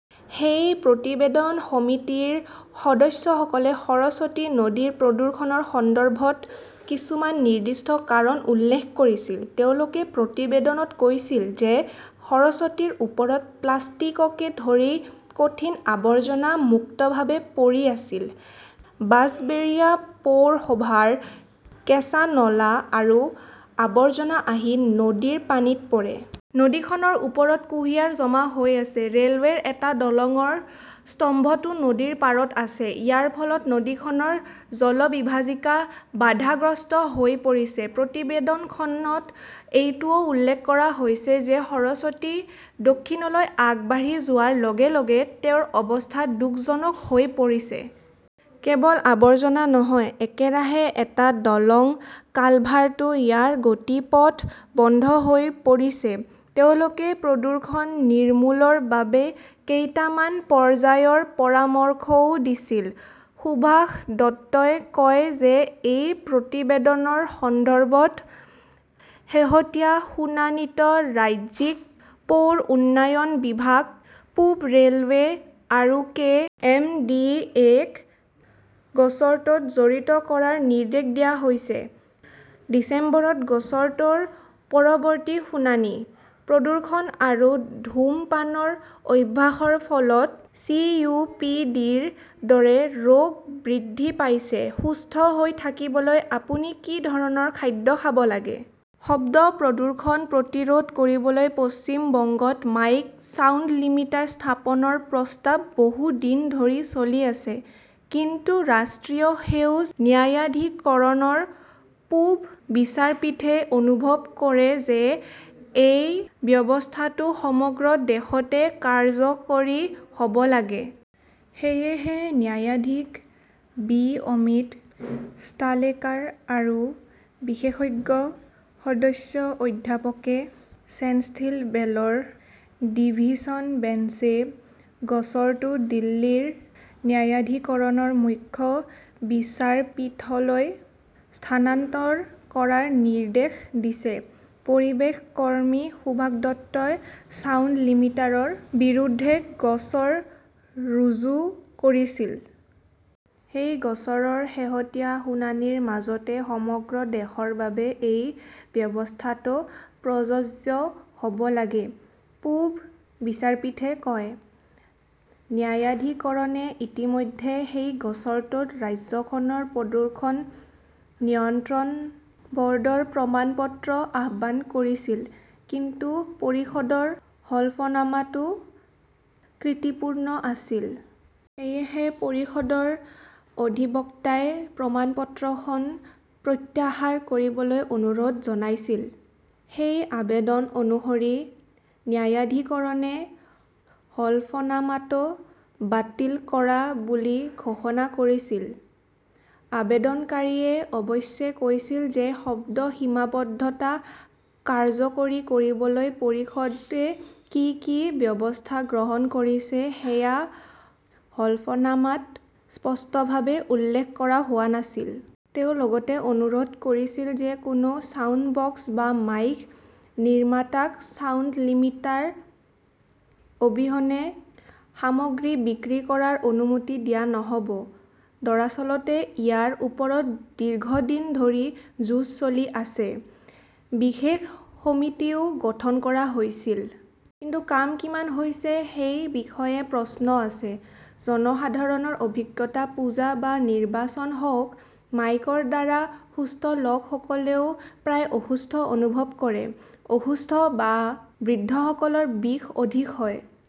সেই প্ৰতিবেদনত সমিতিৰ সদস্যসকলে সৰস্বতী নদীৰ প্ৰদূষণৰ সন্দৰ্ভত কিছুমান নিৰ্দিষ্ট কাৰণ উল্লেখ কৰিছিল। তেওঁলোকে প্ৰতিবেদনত কৈছিল যে সৰস্বতীৰ ওপৰত প্লাষ্টিককে ধৰি কঠিন আৱৰ্জনা মুক্তভাৱে পৰি আছে। বাঁছবেৰিয়া পৌৰসভাৰ কেঁচা নলা আৰু আৱৰ্জনা আহি নদীৰ পানীত পৰে। নদীখনৰ ওপৰত কুঁহিয়াৰ জমা হৈ আছে। ৰে 'লৱেৰ এটা দলংৰ স্তম্ভটো নদীৰ পাৰত আছে। ইয়াৰ ফলত নদীখনৰ জলবিভাজিকা বাধাগ্ৰস্ত হৈ পৰিছে। প্ৰতিবেদনখনত এইটোও উল্লেখ কৰা হৈছে যে সৰস্বতী দক্ষিণলৈ আগবাঢ়ি যোৱাৰ লগে লগে তেওঁৰ অৱস্থা দুখজনক হৈ পৰিছে। কেৱল আৱৰ্জনা নহয়, একেৰাহে এটা দলং, কালভাৰ্টতো ইয়াৰ গতিপথ বন্ধ হৈ পৰিছে। তেওঁলোকে প্ৰদূষণ নিৰ্মূলৰ বাবে কেইটামান পৰ্যায়ৰ পৰামৰ্শও দিছিল। সুভাষ দত্তই কয় যে এই প্ৰতিবেদনৰ সন্দৰ্ভত শেহতীয়া শুনানিত ৰাজ্যিক পৌৰ উন্নয়ন বিভাগ, পূব ৰে "লৱে আৰু কে. এম. ডি. এ. ক গোচৰটোত জড়িত কৰাৰ নিৰ্দেশ দিয়া হৈছে। ডিচেম্বৰত গোচৰটোৰ পৰৱৰ্তী শুনানি। প্ৰদূষণ আৰু ধূমপানৰ অভ্যাসৰ ফলত 'চি. ও. পি. ডি ". ৰ দৰে ৰোগ বৃদ্ধি পাইছে, সুস্থ হৈ থাকিবলৈ আপুনি কি ধৰণৰ খাদ্য খাব লাগে? শব্দ প্ৰদূষণ প্ৰতিৰোধ কৰিবলৈ পশ্চিম বংগত মাইক 'ছাউণ্ড লিমিটাৰ' স্থাপনৰ প্ৰস্তাৱ বহু দিন ধৰি চলি আছে। কিন্তু ৰাষ্ট্ৰীয় সেউজ ন্যায়াধিকৰণৰ পূব বিচাৰপীঠে অনুভৱ কৰে যে এই ব্যৱস্থাটো সমগ্ৰ দেশতে কাৰ্যকৰী হ 'ব লাগে। সেয়েহে ন্যায়াধীশ বি অমিত ষ্টালেকাৰ আৰু বিশেষজ্ঞ সদস্য অধ্যাপক এ ছেন্থিল বেলৰ ডিভিছন বেঞ্চে গোচৰটো দিল্লীৰ ন্যায়াধিকৰণৰ মুখ্য বিচাৰপীঠলৈ স্থানান্তৰ কৰাৰ নিৰ্দেশ দিছে। পৰিৱেশ কৰ্মী সুভাষ দত্তই ছাউণ্ড লিমিটাৰৰ বিৰুদ্ধে গোচৰ ৰুজু কৰিছিল। সেই গোচৰৰ শেহতীয়া শুনানিৰ মাজতে সমগ্ৰ দেশৰ বাবে এই ব্যৱস্থাটো প্ৰযোজ্য হ "ব লাগে, পূব বিচাৰপীঠে কয়। ন্যায়াধিকৰণে ইতিমধ্যে সেই গোচৰটোত ৰাজ্যখনৰ প্ৰদূষণ নিয়ন্ত্ৰণ ব "ৰ্ডৰ প্ৰমাণপত্ৰ আহ্বান কৰিছিল। কিন্তু পৰিষদৰ হলফনামাটো ত্ৰুটিপূৰ্ণ আছিল। সেয়েহে পৰিষদৰ অধিবক্তাই প্ৰমাণপত্ৰখন প্ৰত্যাহাৰ কৰিবলৈ অনুৰোধ জনাইছিল। সেই আবেদন অনুসৰি ন্যায়াধিকৰণে হলফনামাটো বাতিল কৰা বুলি ঘোষণা কৰিছিল। আবেদনকাৰীয়ে অৱশ্যে কৈছিল যে শব্দ সীমাবদ্ধতা কাৰ্যকৰী কৰিবলৈ পৰিষদে কি কি ব্যৱস্থা গ্ৰহণ কৰিছে সেয়া হলফনামাত স্পষ্টভাৱে উল্লেখ কৰা হোৱা নাছিল। তেওঁ লগতে অনুৰোধ কৰিছিল যে কোনো ছাউণ্ডবক্স বা মাইক নিৰ্মাতাক ছাউণ্ড লিমিটাৰ অবিহনে সামগ্ৰী বিক্ৰী কৰাৰ অনুমতি দিয়া নহ 'ব। দৰাচলতে, ইয়াৰ ওপৰত দীৰ্ঘদিন ধৰি যুঁজ চলি আছে। বিশেষ সমিতিও গঠন কৰা হৈছিল। কিন্তু কাম কিমান হৈছে সেই বিষয়ে প্ৰশ্ন আছে। জনসাধাৰণৰ অভিজ্ঞতা, পূজা বা নিৰ্বাচন হওক, মাইকৰ দ্বাৰা সুস্থ লোকসকলেও প্ৰায় অসুস্থ অনুভৱ কৰে। অসুস্থ বা বৃদ্ধসকলৰ বিষ অধিক হয়।